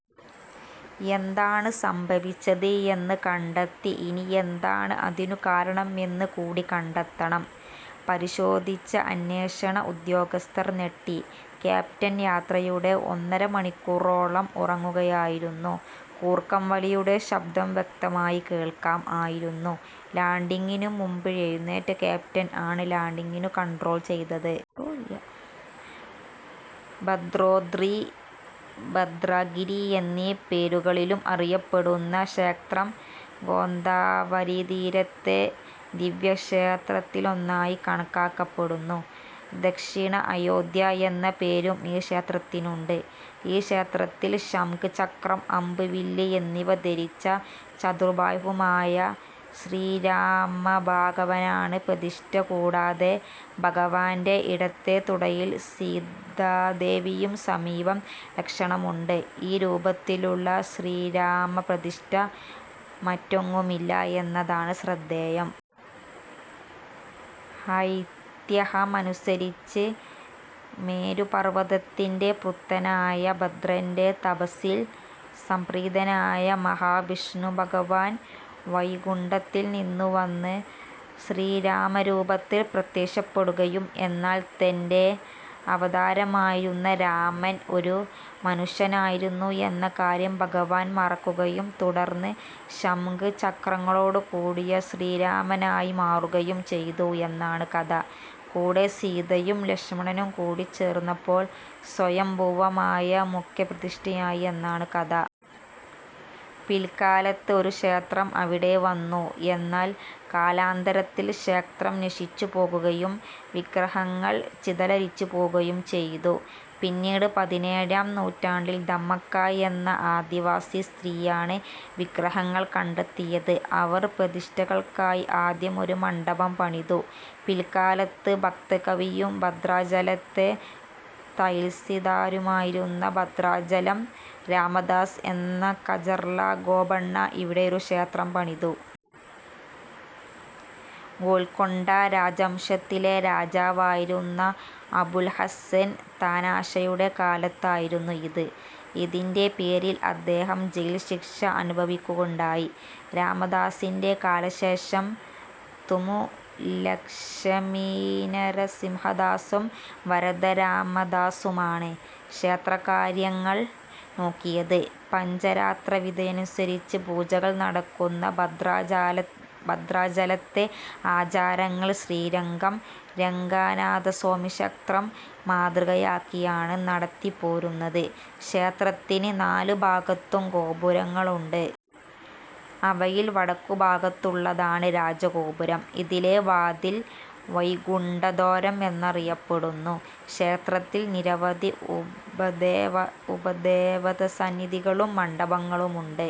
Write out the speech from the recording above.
എന്താണ് സംഭവിച്ചത് എന്ന് കണ്ടെത്തി ഇനി എന്താണ് അതിനു കാരണം എന്ന് കൂടി കണ്ടെത്തണം പരിശോധിച്ച അന്വേഷണ ഉദ്യോഗസ്ഥർ ഞെട്ടി. ക്യാപ്റ്റൻ യാത്രയുടെ ഒന്നര മണിക്കൂർ ഓളം ഉറങ്ങുകയായിരുന്നു!!!! കൂർക്കം വലിയുടെ ശബ്ദം വ്യക്തമായി കേൾക്കാം ആയിരുന്നു. ലാണ്ടിംഗ് നു മുൻപ് എഴുനേറ്റ ക്യാപ്റ്റൻ ആണ് ലാണ്ടിങ്ങു കണ്ട്രോൾ ചെയ്തത്. ഭദ്രാദ്രി, ഭദ്രഗിരി എന്നീ പേരുകളിലും അറിയപ്പെടുന്ന ക്ഷേത്രം ഗോദാവരീതീരത്തെ ദിവ്യക്ഷേത്രങ്ങളിലൊന്നായി കണക്കാക്കപ്പെടുന്നു. 'ദക്ഷിണ അയോദ്ധ്യ' എന്ന പേരും ഈ ക്ഷേത്രത്തിനുണ്ട്. ഈ ക്ഷേത്രത്തിൽ ശംഖ്, ചക്രം, അമ്പ്, വില്ല് എന്നിവ ധരിച്ച ചതുർബാഹുവായ ശ്രീരാമഭഗവാനാണ് പ്രതിഷ്ഠ. കൂടാതെ, ഭഗവാന്റെ ഇടത്തേ തുടയിൽ സീതാദേവിയും സമീപം ലക്ഷ്മണനുമുണ്ട്. ഈ രൂപത്തിലുള്ള ശ്രീരാമപ്രതിഷ്ഠ മറ്റെങ്ങുമില്ല എന്നതാണ് ശ്രദ്ധേയം. ഐതിഹ്യമനുസരിച്ച്, മേരുപർവ്വതത്തിന്റെ പുത്രനായ ഭദ്രന്റെ തപസ്സിൽ സംപ്രീതനായ മഹാവിഷ്ണുഭഗവാൻ വൈകുണ്ഠത്തിൽ നിന്നുവന്ന് ശ്രീരാമരൂപത്തിൽ പ്രത്യക്ഷപ്പെടുകയും, എന്നാൽ, തന്റെ അവതാരമായിരുന്ന രാമൻ ഒരു മനുഷ്യനായിരുന്നു എന്ന കാര്യം ഭഗവാൻ മറക്കുകയും തുടർന്ന്, ശംഖ്-ചക്രങ്ങളോടുകൂടിയ ശ്രീരാമനായി മാറുകയും ചെയ്തു എന്നാണ് കഥ. കൂടെ, സീതയും ലക്ഷ്മണനും കൂടിച്ചേർന്നപ്പോൾ സ്വയംഭൂവായ മുഖ്യപ്രതിഷ്ഠയായി എന്നാണ് കഥ. പിൽക്കാലത്ത് ഒരു ക്ഷേത്രം അവിടെ വന്നു. എന്നാൽ, കാലാന്തരത്തിൽ ക്ഷേത്രം നശിച്ചുപോകുകയും വിഗ്രഹങ്ങൾ ചിതലരിച്ചുപോകുകയും ചെയ്തു. പിന്നീട്, പതിനേഴാം നൂറ്റാണ്ടിൽ ദമ്മക്ക എന്ന ആദിവാസി സ്ത്രീയാണ് വിഗ്രഹങ്ങൾ കണ്ടെത്തിയത്. അവർ പ്രതിഷ്ഠകൾക്കായി ആദ്യം ഒരു മണ്ഡപം പണിതു. പിൽക്കാലത്ത്, ഭക്തകവിയും ഭദ്രാചലത്തെ തഹസിൽദാരുമായിരുന്ന ഭദ്രാചലം രാമദാസ് എന്ന കഞ്ചർല ഗോപണ്ണ ഇവിടെയൊരു ക്ഷേത്രം പണിതു. ഗോൽക്കൊണ്ട രാജവംശത്തിലെ രാജാവായിരുന്ന അബുൽ ഹസൻ താനാഷായുടെ കാലത്തായിരുന്നു ഇത്. ഇതിന്റെ പേരിൽ അദ്ദേഹം ജയിൽ ശിക്ഷ അനുഭവിയ്ക്കുകയുണ്ടായി. രാമദാസിന്റെ കാലശേഷം, തുമു ലക്ഷ്മീനരസിംഹദാസും വരദ രാമദാസുമാണ് ക്ഷേത്രകാര്യങ്ങൾ നോക്കിയത്. പഞ്ചരാത്രവിധിയനുസരിച്ച് പൂജകൾ നടക്കുന്ന ഭദ്രാചലത്തെ ആചാരങ്ങൾ, ശ്രീരംഗം രംഗനാഥസ്വാമിക്ഷേത്രം മാതൃകയാക്കിയാണ് നടത്തിപ്പോരുന്നത്. ക്ഷേത്രത്തിന് നാലുഭാഗത്തും ഗോപുരങ്ങളുണ്ട്. അവയിൽ, വടക്കുഭാഗത്തുള്ളതാണ് രാജഗോപുരം. ഇതിലെ വാതിൽ, 'വൈകുണ്ഠദ്വാരം' എന്നറിയപ്പെടുന്നു. ക്ഷേത്രത്തിൽ, നിരവധി ഉപദേവതാസന്നിധികളും മണ്ഡപങ്ങളുമുണ്ട്.